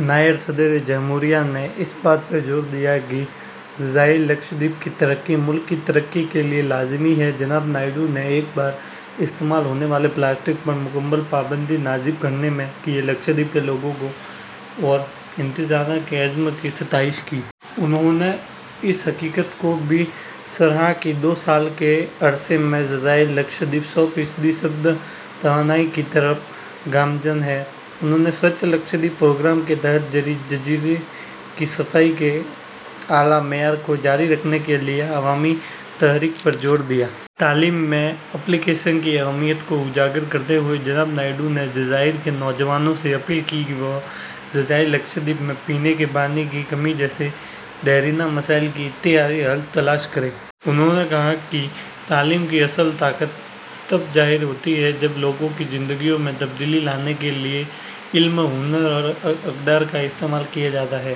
نائب صدر جمہوریہ نے اس بات پر زور دیا کہ جزائر لکشدیپ کی ترقی ملک کی ترقی کے لیے لازمی ہے۔ جناب نائیڈو نے ایک بار استعمال ہونے والے پلاسٹک پر مکمل پابندی نافذ کرنے کے لیے لکشدیپ کے لوگوں اور انتظامیہ کے عزم کی ستائش کی۔ انہوں نے اس حقیقت کو بھی سراہا کہ دو سال کے عرصے میں جزائر لکشدیپ سو فیصد سبز توانائی کی طرف گامزن ہیں۔ انہوں نے ’سوچھ لکشدیپ‘ پروگرام کے تحت جزیرے کی صفائی کے اعلیٰ معیارات کو جاری رکھنے کے لیے عوامی تحریک پر زور دیا۔ تعلیم میں ’اپلی کیشن‘ کی اہمیت کو اجاگر کرتے ہوئے، جناب نائیڈو نے جزائر کے نوجوانوں سے اپیل کی کہ وہ جزائر لکشدیپ میں پینے کے پانی کی کمی جیسے دیرینہ مسائل کا اختراعی حل تلاش کریں۔ انہوں نے کہا کہ ’’تعلیم کی اصل طاقت تب ظاہر ہوتی ہے جب لوگوں کی زندگیوں میں تبدیلی لانے کے لیے علم، ہنر اور اقدار کا استعمال کیا جاتا ہے۔‘‘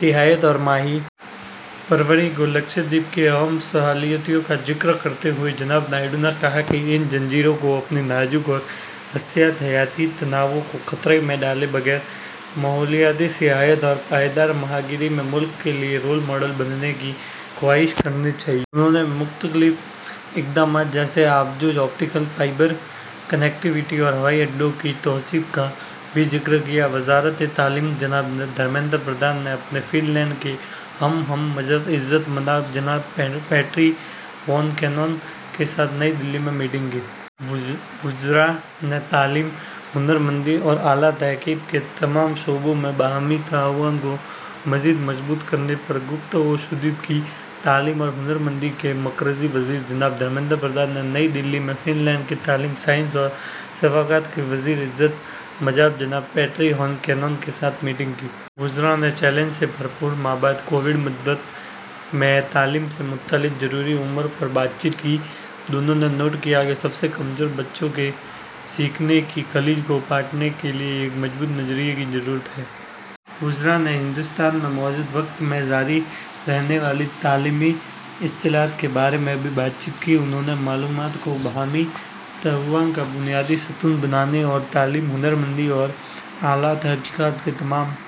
سیاحت اور ماہی پروری کو لکشدیپ کی اہم صلاحیتوں کا ذکر کرتے ہوئے جناب نائیڈو نے کہا کہ ان جزیروں کو اپنی نازک اور حساس حیاتیاتی تنوع کو خطرے میں ڈالے بغیر، ماحولیاتی سیاحت اور پائیدار ماہی گیری میں ملک کے لیے رول ماڈل بننے کی خواہش کرنی چاہیے۔ انہوں نے مختلف اقدامات جیسے آبدوز آپٹیکل فائبر کنیکٹیویٹی اور ہوائی اڈوں کی توسیع کا بھی ذکر کیا۔ وزارتِ تعلیم جناب دھرمیندر پردھان نے اپنے فن لینڈ کے ہم منصب عزت مآب جناب پیٹری ہان کونن کے ساتھ نئی دہلی میں میٹنگ کی۔ وزراء نے تعلیم، ہنرمندی اور اعلیٰ تحقیق کے تمام شعبوں میں باہمی تعاون کو مزید مضبوط کرنے پر گفت و شنید کی۔ تعلیم اور ہنرمندی کے مرکزی وزیر جناب دھرمیندر پردھان نے نئی دہلی میں فن لینڈ کے تعلیم، سائنس اور ثقافت کے وزیر عزت مآب جناب پیٹری ہان کونن کے ساتھ میٹنگ کی۔ وزراء نے چیلنج سے بھرپور مابعد کووڈ مدت میں تعلیم سے متعلق ضروری امور پر بات چیت کی۔ دونوں نے نوٹ کیا کہ سب سے کمزور بچوں کے سیکھنے کی خلیج کو پاٹنے کے لیے ایک مضبوط نظریے کی ضرورت ہے۔ وزراء نے ہندوستان میں موجودہ وقت میں جاری رہنے والی تعلیمی اصلاحات کے بارے میں بھی بات چیت کی۔ انہوں نے معلومات کو باہمی تعاون کا بنیادی ستون بنانے اور تعلیم، ہنرمندی اور اعلیٰ تحقیق کے تمام